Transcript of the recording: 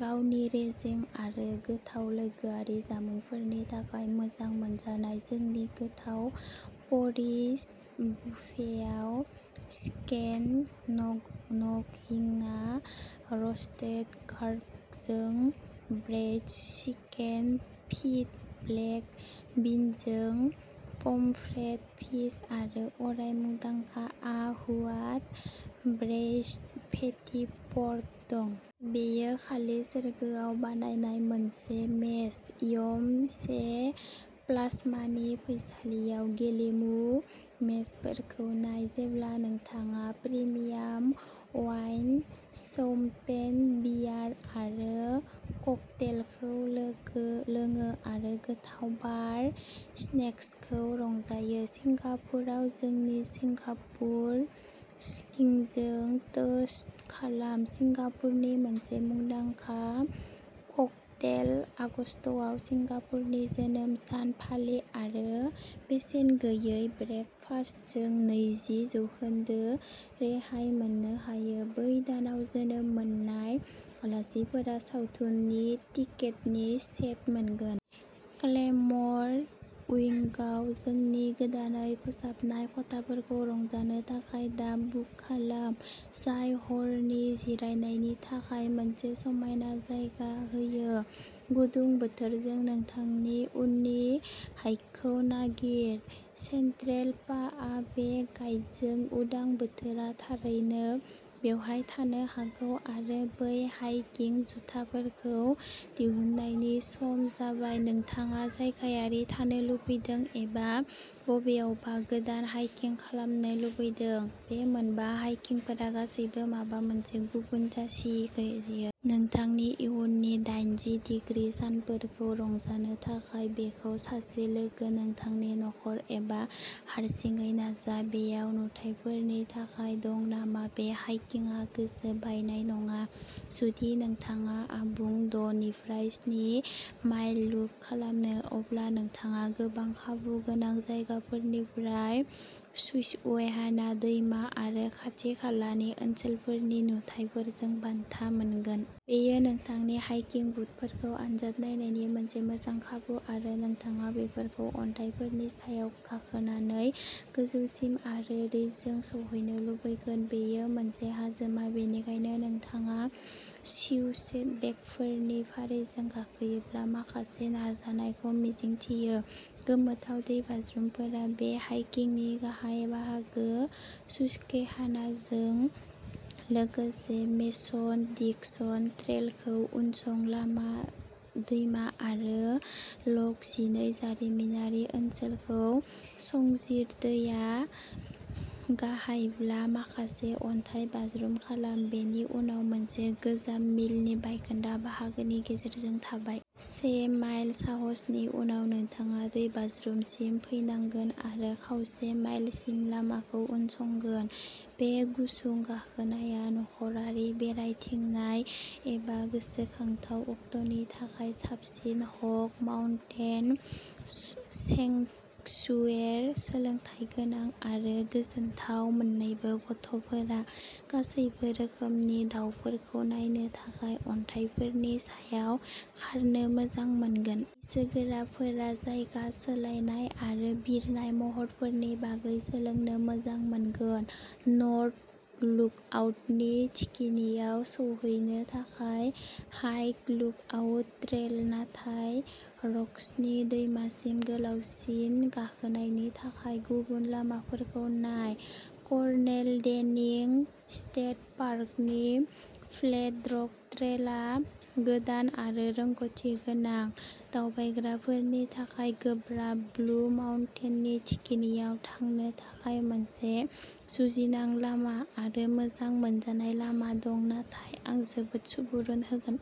गावनि रेजें आरो गोथाव लोगोआरि जामुंफोरनि थाखाय मोजां मोनजानाय जोंनि गोथाव परिज बुफेआव चिकेन नगह हियां र'स्टेद गार्लिकजों ब्रेइज्ड चिकेन फीट ब्लेक बिनजों पमफ्रेट फिस आरो अराय मुंदांखा आह हुआत ब्रेइज्ड फेटि पर्क दं। बेयो खालि सोरगोआव बानायनाय मोनसे मेच! यम सें प्लास्मानि फैसालियाव गेलेमु मेचफोरखौ नाय जेब्ला नोंथाङा प्रिमियाम वाइन शैम्पेन बियार आरो ककटेलखौ लोङो आरो गोथाव बार स्नेक्सखौ रंजायो। सिंगापुराव जोंनि सिंगापुर स्लिंजों टोस्ट खालाम सिंगापुरनि मोनसे मुंदांखा क्कटेल आगस्तआव सिंगापुरनि जोनोम सान फालि आरो बेसेन गैयै ब्रेकफास्टजों नैजि जौखोन्दो रेहाय मोननो हायो बै दानाव जोनोम मोननाय आलासिफोरा सावथुननि टिकेटनि सेट मोनगोन। क्लेम'र उइंगआव जोंनि गोदानै फोसाबनाय खथाफोरखौ रंजानो थाखाय दा बुक खालाम जाय हरनि जिरायनायनि थाखाय मोनसे समायना जायगा होयो गुदुं बोथोरजों नोंथांनि उननि हाइकखौ नागिर! सेन्ट्रेल पा आ बे गाइडजों उदां बोथोरा थारैनो बेवहाय थानो हागौ आरो बै हाइकिं जुथाफोरखौ दिहुननायनि सम जाबाय नोंथाङा जायगायारि थानो लुबैदों एबा बबेयावबा गोदान हाइकिं खालामनो लुबैदों बे मोनबा हाइकिंफोरा गासैबो माबा मोनसे गुबुन जासियो। नोंथांनि इयुननि दाइनजि दिग्रि सानफोरखौ रंजानो थाखाय बेखौ सासे लोगो नोंथांनि नखर एबा हारसिङै नाजा बेयाव नुथायफोरनि थाखाय दं नामा बे हाइकिंआ गोसो बायनाय नङा जुदि नोंथाङा आबुं द' निफ्राय स्नि माइल लुप खालामो अब्ला नोंथाङा गोबां खाबु गोनां जायगाफोरनिफ्राय सुस्क्वेहाना दैमा आरो खाथि खालानि ओनसोलफोरनि नुथायफोरजों बान्था मोनगोन। बेयो नोंथांनि हाइकिं बुटफोरखौ आनजाद नायनायनि मोनसे मोजां खाबु आरो नोंथाङा बेफोरखौ अन्थाइफोरनि सायाव गाखोनानै गोजौसिम आरो रिजजों सौहैनो लुबैगोन। बेयो मोनसे हाजोमा बेनिखायनो नोंथाङा स्विचबेकफोरनि फारिजों गाखोयोब्ला माखासे नाजानायखौ मिजिंथियो गोमोथाव दैबाज्रुमफोरा बे हाइकिंनि गाहाय बाहागो सुस्क्वेहानाजों लोगोसे मेसन डिक्सन ट्रेलखौ उनसं दैमा आरो लक जिनै जारिमिनारि ओनसोलखौ संजिर दैया गाहायब्ला माखासे अन्थाइ बाज्रुम खालाम बेनि उनाव मोनसे गोजाम मिलनि बायखोन्दा बाहागोनि गेजेरजों थाबाय। से माइल साहसनि उनाव नोंथाङा दैबाज्रुमसिम फैनांगोन आरो खावसे माइलसिम लामाखौ उनसंगोन। बे गुसुं गाखोनाया नखरारि बेरायथिंनाय एबा गोसोखांथाव अक्ट'नि थाखाय साबसिन हक माउन्टेन सेंक्सुयेरि सोलोंथायगोनां आरो गोजोनथाव मोननैबो गथ'फोरा गासैबो रोखोमनि दावफोरखौ नायनो थाखाय अन्थाइफोरनि सायाव खारनो मोजां मोनगोन। बैसोगोराफोरा जायगा सोलायनाय आरो बिरनाय महरफोरनि बागै सोलोंनो मोजां मोनगोन नर्थ लुकआउटनि थिखिनियाव सौहैनो थाखाय हाइक लुकआउट ट्रेल नाथाय रक्सनि दैमासिम गोलावसिन गाखोनायनि थाखाय गुबुन लामाफोरखौ नाय। कर्नेल डेनिं स्टेट पार्कनि फ्लेट रक ट्रेलआ गोदान आरो रोंग'थि गोनां दावबायग्राफोरनि थाखाय गोब्राब ब्लु माउन्टेननि थिखिनियाव थांनो थाखाय मोनसे जुजिनां लामा आरो मोजां मोनजानाय लामा दं नाथाय आं जोबोद सुबुरुन होगोन।